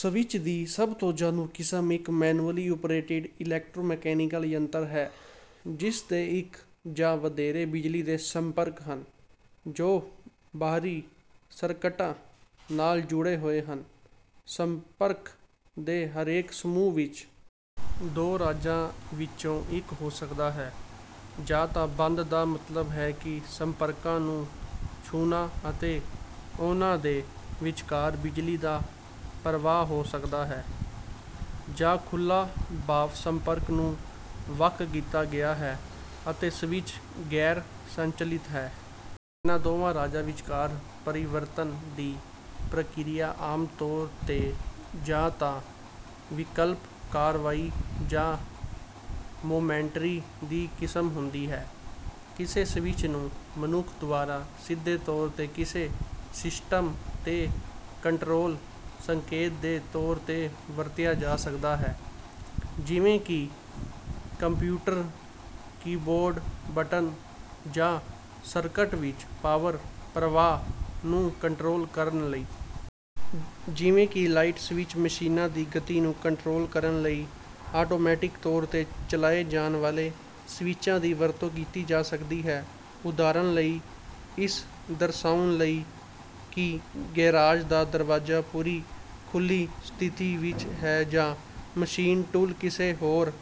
Switch ਦੀ ਸਭ ਤੋਂ ਜਾਣੂ ਕਿਸਮ ਇੱਕ ਮੈਨੂਅਲੀ ਓਪਰੇਟਿਡ ਇਲੈਕਟ੍ਰੋਮੈਕੈਨਿਕਲ ਯੰਤਰ ਹੈ ਜਿਸ ਦੇ ਇੱਕ ਜਾਂ ਵਧੇਰੇ ਬਿਜਲੀ ਦੇ ਸੰਪਰਕ ਹਨ, ਜੋ ਬਾਹਰੀ ਸਰਕਟਾਂ ਨਾਲ ਜੁੜੇ ਹੋਏ ਹਨ। ਸੰਪਰਕ ਦੇ ਹਰੇਕ ਸਮੂਹ ਵਿੱਚ ਦੋ ਰਾਜਾਂ ਵਿੱਚੋਂ ਇੱਕ ਹੋ ਸਕਦਾ ਹੈ: ਜਾਂ ਤਾਂ "ਬੰਦ" ਦਾ ਮਤਲਬ ਹੈ ਕਿ ਸੰਪਰਕਾਂ ਨੂੰ ਛੂਹਣਾ ਅਤੇ ਉਨ੍ਹਾਂ ਦੇ ਵਿਚਕਾਰ ਬਿਜਲੀ ਦਾ ਪ੍ਰਵਾਹ ਹੋ ਸਕਦਾ ਹੈ, ਜਾਂ "ਖੁੱਲ੍ਹਾ", ਭਾਵ ਸੰਪਰਕ ਨੂੰ ਵੱਖ ਕੀਤਾ ਗਿਆ ਹੈ ਅਤੇ ਸਵਿੱਚ ਗੈਰ ਸੰਚਲਿਤ ਹੈ। ਇਹਨਾਂ ਦੋਵਾਂ ਰਾਜਾਂ ਵਿਚਕਾਰ ਪਰਿਵਰਤਨ ਦੀ ਪ੍ਰਕਿਰਿਆ ਆਮ ਤੌਰ ਤੇ ਜਾਂ ਤਾਂ "ਵਿਕਲਪਕ ਕਾਰਵਾਈ" ਜਾਂ "ਮੋਮੈਂਟਰੀ" ਦੀ ਕਿਸਮ ਹੁੰਦੀ ਹੈ। ਕਿਸੇ ਸਵਿੱਚ ਨੂੰ ਮਨੁੱਖ ਦੁਆਰਾ ਸਿੱਧੇ ਤੌਰ ਤੇ ਕਿਸੇ ਸਿਸਟਮ ਤੇ ਕੰਟਰੋਲ ਸੰਕੇਤ ਦੇ ਤੌਰ ਤੇ ਵਰਤਿਆ ਜਾ ਸਕਦਾ ਹੈ, ਜਿਵੇਂ ਕਿ ਕੰਪਿਊਟਰ ਕੀਬੋਰਡ ਬਟਨ, ਜਾਂ ਸਰਕਟ ਵਿੱਚ ਪਾਵਰ ਪ੍ਰਵਾਹ ਨੂੰ ਕੰਟਰੋਲ ਕਰਨ ਲਈ। ਜਿਵੇਂ ਕਿ ਲਾਈਟ ਸਵਿਚ, ਮਸ਼ੀਨਾਂ ਦੀ ਗਤੀ ਨੂੰ ਕੰਟਰੋਲ ਕਰਨ ਲਈ ਆਟੋਮੈਟਿਕ ਤੌਰ ਤੇ ਚਲਾਏ ਜਾਣ ਵਾਲੇ ਸਵਿਚਾਂ ਦੀ ਵਰਤੋਂ ਕੀਤੀ ਜਾ ਸਕਦੀ ਹੈ, ਉਦਾਹਰਨ ਲਈ, ਇਹ ਦਰਸਾਉਣ ਲਈ ਕਿ ਗੈਰਾਜ ਦਾ ਦਰਵਾਜ਼ਾ ਪੂਰੀ ਖੁੱਲ੍ਹੀ ਸਥਿਤੀ ਵਿੱਚ ਹੈ ਜਾਂ ਮਸ਼ੀਨ ਟੂਲ ਕਿਸੇ ਹੋਰ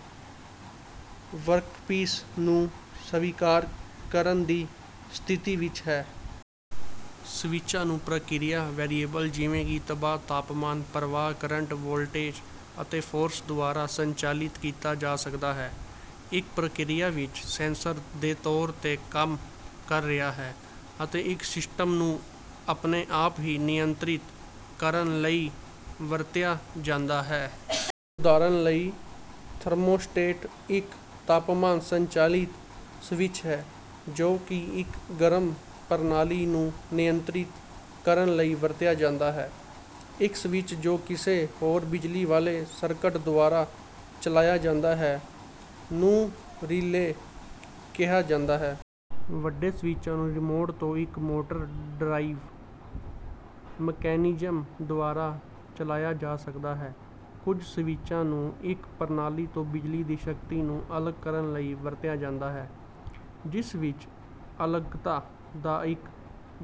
ਵਰਕਪੀਸ ਨੂੰ ਸਵੀਕਾਰ ਕਰਨ ਦੀ ਸਥਿਤੀ ਵਿੱਚ ਹੈ। ਸਵਿੱਚਾਂ ਨੂੰ ਪ੍ਰਕਿਰਿਆ ਵੇਰੀਏਬਲ ਜਿਵੇਂ ਕਿ ਦਬਾਅ, ਤਾਪਮਾਨ, ਪ੍ਰਵਾਹ, ਕਰੰਟ, ਵੋਲਟੇਜ, ਅਤੇ ਫੋਰਸ ਦੁਆਰਾ ਸੰਚਾਲਿਤ ਕੀਤਾ ਜਾ ਸਕਦਾ ਹੈ, ਇੱਕ ਪ੍ਰਕਿਰਿਆ ਵਿੱਚ ਸੈਂਸਰ ਦੇ ਤੌਰ ਤੇ ਕੰਮ ਕਰ ਰਿਹਾ ਹੈ ਅਤੇ ਇੱਕ ਸਿਸਟਮ ਨੂੰ ਆਪਣੇ ਆਪ ਹੀ ਨਿਯੰਤਰਿਤ ਕਰਨ ਲਈ ਵਰਤਿਆ ਜਾਂਦਾ ਹੈ। ਉਦਾਹਰਨ ਲਈ, ਥਰਮੋਸਟੈਟ ਇੱਕ ਤਾਪਮਾਨ ਸੰਚਾਲਿਤ ਸਵਿੱਚ ਹੈ ਜੋ ਕਿ ਇੱਕ ਗਰਮ ਪ੍ਰਣਾਲੀ ਨੂੰ ਨਿਯੰਤਰਿਤ ਕਰਨ ਲਈ ਵਰਤਿਆ ਜਾਂਦਾ ਹੈ। ਇੱਕ ਸਵਿੱਚ ਜੋ ਕਿਸੇ ਹੋਰ ਬਿਜਲੀ ਵਾਲੇ ਸਰਕਟ ਦੁਆਰਾ ਚਲਾਇਆ ਜਾਂਦਾ ਹੈ ਨੂੰ ਰਿਲੇਅ ਕਿਹਾ ਜਾਂਦਾ ਹੈ। ਵੱਡੇ ਸਵਿੱਚਾਂ ਨੂੰ ਰਿਮੋਟ ਤੋਂ ਇੱਕ ਮੋਟਰ ਡਰਾਈਵ ਮਕੈਨਿਜ਼ਮ ਦੁਆਰਾ ਚਲਾਇਆ ਜਾ ਸਕਦਾ ਹੈ। ਕੁਝ ਸਵਿੱਚਾਂ ਨੂੰ ਇੱਕ ਪ੍ਰਣਾਲੀ ਤੋਂ ਬਿਜਲੀ ਦੀ ਸ਼ਕਤੀ ਨੂੰ ਅਲੱਗ ਕਰਨ ਲਈ ਵਰਤਿਆ ਜਾਂਦਾ ਹੈ, ਜਿਸ ਵਿੱਚ ਅਲੱਗਤਾ ਦਾ ਇੱਕ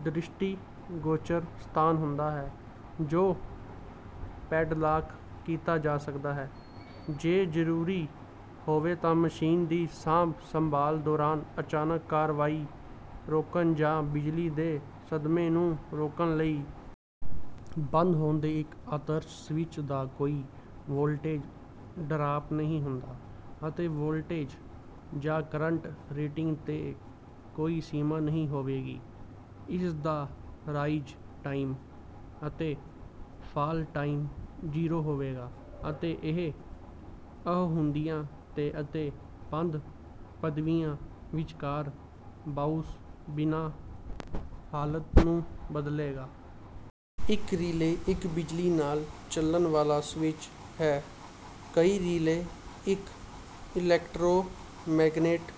ਦ੍ਰਿਸ਼ਟੀਗੋਚਰ ਸਥਾਨ ਹੁੰਦਾ ਹੈ ਜੋ ਪੈਡਲਾਕ ਕੀਤਾ ਜਾ ਸਕਦਾ ਹੈ ਜੇ ਜ਼ਰੂਰੀ ਹੋਵੇ ਤਾਂ ਮਸ਼ੀਨ ਦੀ ਸਾਂਭ ਸੰਭਾਲ ਦੌਰਾਨ ਅਚਾਨਕ ਕਾਰਵਾਈ ਰੋਕਣ, ਜਾਂ ਬਿਜਲੀ ਦੇ ਸਦਮੇ ਨੂੰ ਰੋਕਣ ਲਈ। ਬੰਦ ਹੋਣ ਤੇ ਇੱਕ ਆਦਰਸ਼ ਸਵਿੱਚ ਦਾ ਕੋਈ ਵੋਲਟੇਜ ਡਰਾਪ ਨਹੀਂ ਹੁੰਦਾ, ਅਤੇ ਵੋਲਟੇਜ ਜਾਂ ਕਰੰਟ ਰੇਟਿੰਗ ਤੇ ਕੋਈ ਸੀਮਾ ਨਹੀਂ ਹੋਵੇਗੀ। ਇਸ ਦਾ ਰਾਈਜ਼ ਟਾਈਮ ਅਤੇ ਫਾਲ ਟਾਈਮ ਜ਼ੀਰੋ ਹੋਵੇਗਾ, ਅਤੇ ਇਹ ਅਹੁਦਿਆਂ ਤੇ ਅਤੇ ਬੰਦ ਪਦਵੀਆਂ ਵਿਚਕਾਰ "ਬਾਊਂਸ" ਬਿਨਾਂ ਹਾਲਤ ਨੂੰ ਬਦਲੇਗਾ। ਇੱਕ ਰਿਲੇਅ ਇੱਕ ਬਿਜਲੀ ਨਾਲ ਚੱਲਣ ਵਾਲਾ ਸਵਿੱਚ ਹੈ। ਕਈ ਰਿਲੇਅ ਇੱਕ ਇਲੈਕਟ੍ਰੋਮੈਗਨੈਟ